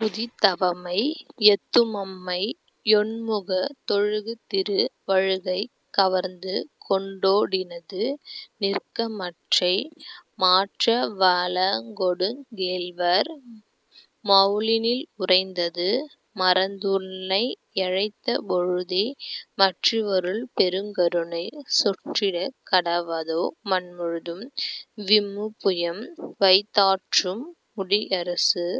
வுதித்தவமை யத்துமம்மை யொண்முகத் தொழுகுதிரு வழகைக் கவர்ந்துகொண் to டினது நிற்கமற்றை மாற்றவ ளொடுங் கேள்வர் மௌலியி லுறைந்தது மறைந்துனை யழைத்த பொழுதே மற்றிவள் பெருங்கருணை சொற்றிடக் கடவதோ மண்முழுதும் விம்முபுயம் வைத் தாற்றுமுடி யரசுதவு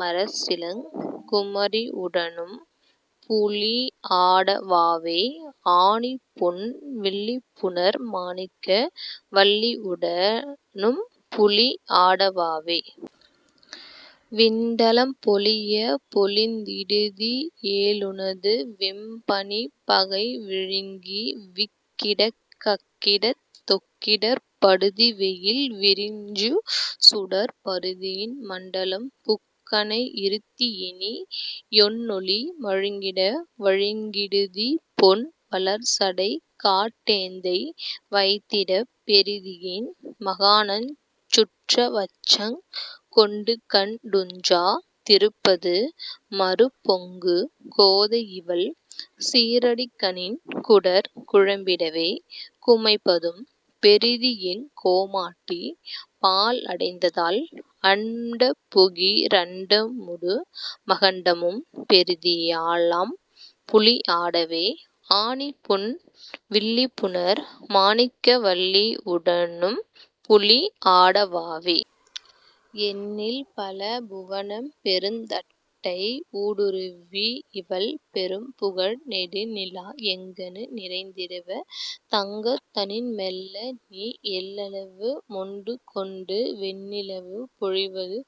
மரசிளங் குமரியுட னம்புலீ யாடவாவே ஆணிப்பொன் வில்லிபுணர் மாணிக்க வல்லியுட னம்புலீ யாடவாவே. விண்டலம் பொலியப் பொலிந்திடுதி யேலுனது வெம்பணிப் பகை விழுங்கி விக்கிடக் கக்கிடத் தொக்கிடர்ப் படுதிவெயில் விரியுஞ் சுடர்ப் பரிதியின் மண்டலம் புக்கனை யிருத்தியெனி னொன்ளொளி மழுங்கிட வழுங்கிடுதிபொன் வளர்சடைக் காட்டெந்தை வைத்திடப் பெறுதியேன் மாகணஞ் சுற்றவச்சங் கொண்டுகண் டுஞ்சா திருப்பது மருப்பொங்கு கோதையிவள் சீறடிகணின் குடர் குழம்பிடவே குமைப்பதும் பெறுதியெங் கோமாட்டி பாலடைந்தால் அண்டபுகி ரண்டமு மகண்டமும் பெறுதியா லம்புலீ யாடவாவே ஆணிப்பொன் வில்லிபுணர் மாணிக்க வல்லியுட னம்புலீ யாடவாவே. எண்ணில்பல புவனப்பெருந் தட்டை யூடுருவி யிவள்பெரும் புகழ் நெடுநிலா எங்கணு நிறைந்திடுவ தங்கதனின் மெள்ளநீ யெள்ளளவு மொண்டுகொண்டு வெண்ணிலவு பொழிவது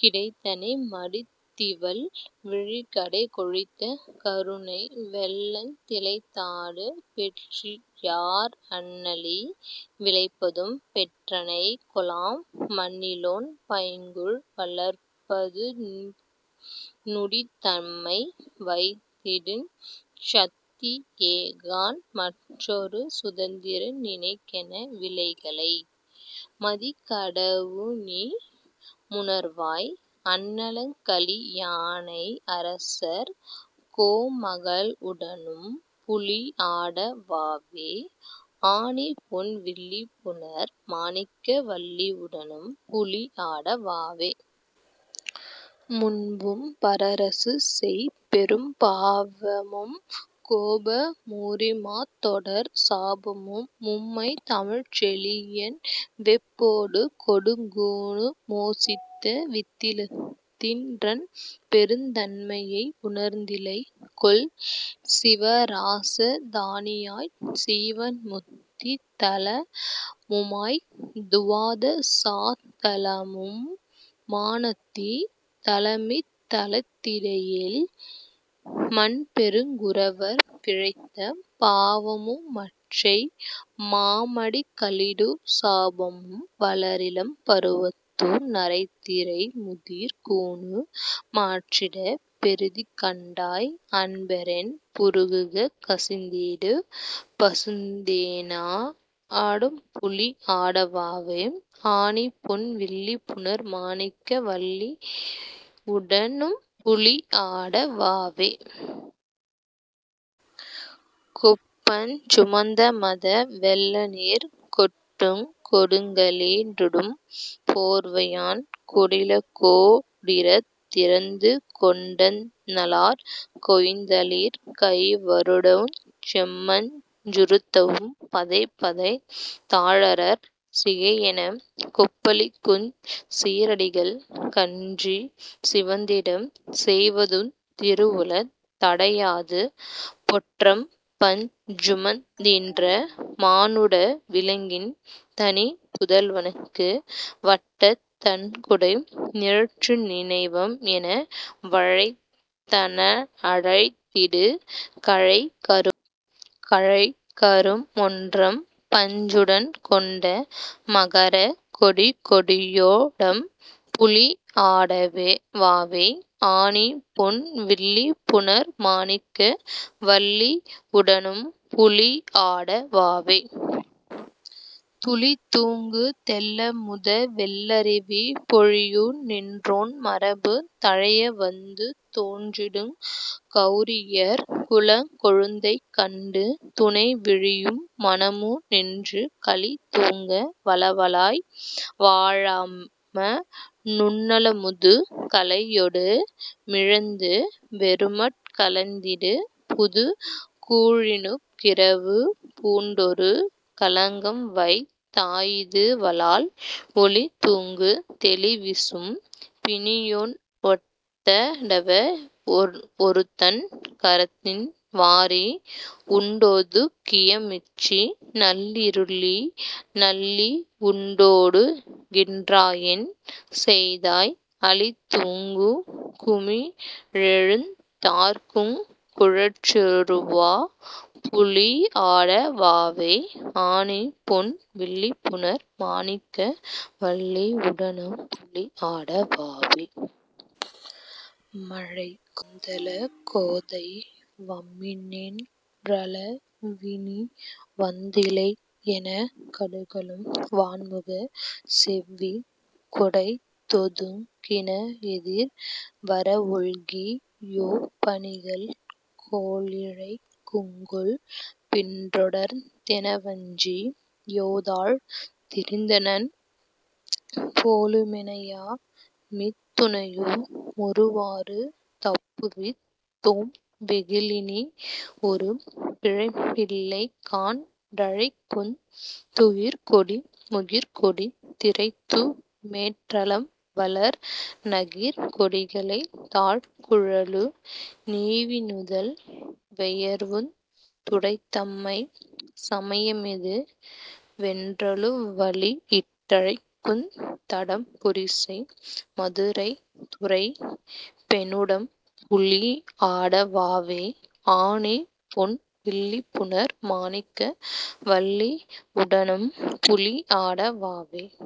கிடைத்தனை மடுத்திவள் விழிக்கடை கொழித்த கருணை வெள்ளந் திளைத்தாடு பெற்றியாற் றண்ணளி விளைப்பதும் பெற்றனை கொலாம் மண்ணிலொண் பைங்கூழ் வளர்ப்பது னிடத்தம்மை வைத்திடுஞ் சத்தியேகாண் மற்றொரு சுதந்திர நினைக்கென விலைகலை மதிக்கடவு ணீயுமுணர்வாய் அண்ணலங் களியானை யரசர்கோ மகளுட னம்புலீ யாடவாவே ஆணிப்பொன் வில்லிபுணர் மாணிக்க வல்லியுட னம்புலீ யாடவாவே. முன்பும்ப ரரசுசெய் பெரும்பாவ முங்கோப மூரிமாத் தொடர் சாபமும் மும்மைத் தமிழ்செழியன் வெப்பொடு கொடுங்கூனு மோசித்த வித்தலத்தின் றன்பெருந் தன்மையை யுணர்ந்திலை கொல் சிவாராச தானியாய்ச் சீவன்முத்தித் தலமுமாய்த் துவாதசாந் தத்தலமு மானதித் தலமித் தலத்திடையேல் மன்பெருங் குரவர் பிழைத்த பாவமுமற்றை மாமடிகளிடு சாபமும் வளரிளம் பருவத்து நரைதிரையு முதிர்கூனு மாற்றிடப் பெறுதிகண்டாய் அன்பரென் புருகக் கசிந்திடு பசுந்தேனொ டம்புலீ யாடவாவே ஆணிப்பொன் வில்லிபுணர் மாணிக்க வல்லியுட னம்புலீ யாடவாவே. கும்பஞ் சுமந்தமத வெள்ளநீர் கொட்டுங் கொடுங்களி றிடும்போர்வையான் குடிலகோ டீரத் திருந்துகொண் டந்நலார் கொய்தளிர்க் கைவருடவுஞ் செம்பஞ் சுறுத்தவும் பதைபதைத் தாரழற் சிகையெனக் கொப்புளிக்குஞ் சீறடிகள் கன்றிச் சிவந்திட செய்வதுந் திருவுளத் தடையாது பொற் றம்பஞ் சுமந்தீன்ற மானுட விலங்கின் தனிப்புதல்வனுக்கு வட்டத் தண்குடை நிழற்றுநினை வம்மென வழைத்தன டழைத்திடு கழைக் கரும்பொன் றம்பஞ் சுடன்கொண்ட மகரக் கொடிக்கொடியொ டம்புலீ யாடவாவே ஆணிப்பொன் வில்லிபுணர் மாணிக்க வல்லியுட னம்புலீ யாடவாவே. துளிதூங்கு தெள்ளமுத வெள்ளருவி பொழியுநின் றொன்மரபு தழையவந்து தோன்றிடுங் கௌரியர் குலக்கொழுந்தைக்கண்டு துணைவிழியு மனமுநின்று களிதூங்க வளவளாய் வாழாம லுண்ணமுது கலையொடு மிழந்துவெறுமட் கலத்திடு புதுக்கூ ழினுக்கிரவு பூண்டொரு களங்கம்வைத் தாயிதுவலால் ஒளிதூங்கு தெளிவிசும் பினினின்னொ டொத்தவ னொருத்தன் கரத்தின் வாரி உண்டொதுக் கியமிச்சி நள்ளிருளி லள்ளியுண் டோ டுகின் றாயென் செய்தாய் அளிதூங்கு ஞிமிறெழுந் தார்க்குங் குழற்றிருவொ டம்புலீ யாடவாவே ஆணிப்பொன் வில்லிபுணர் மாணிக்க வல்லியுட னம்புலீ யாடவாவே. மழைகொந் தளக்கோதை வம்மினென் றளவினீ வந்திலை யெனக் கடுகலும் வாண்முகச் செவ்விக் குடைந்தொதுங் கினவனெதிர் வரவொல்கி யோபணிகள்கோ ளிழைக்குங்கொல் பின்றொடர்ந் தெனவஞ்சி யோதாழ்த் திருந்தனன் போலுமெனயா மித்துணையு மொருவாறு தப்புவித் தோம்வெகுளி லினியொரு பிழைப்பில்லைகாண் டழைக்குந் துகிற்கொடி முகிற்கொடி திரைத்துமேற் றலம்வளர் நகிற்கொடிகளைத் தாழ்குழலு நீவிநுதல் வெயர்வுந் துடைதம்மை சமயமிது வென்றலுவலிட் டழைக்குந் தடம்புரிசை மதுரைத் துரைப்பெணுட னம்புலீ யாடவாவே ஆணிப்பொன் வில்லிபுணர் மாணிக்க வல்லியுட னம்புலீ யாடவாவே.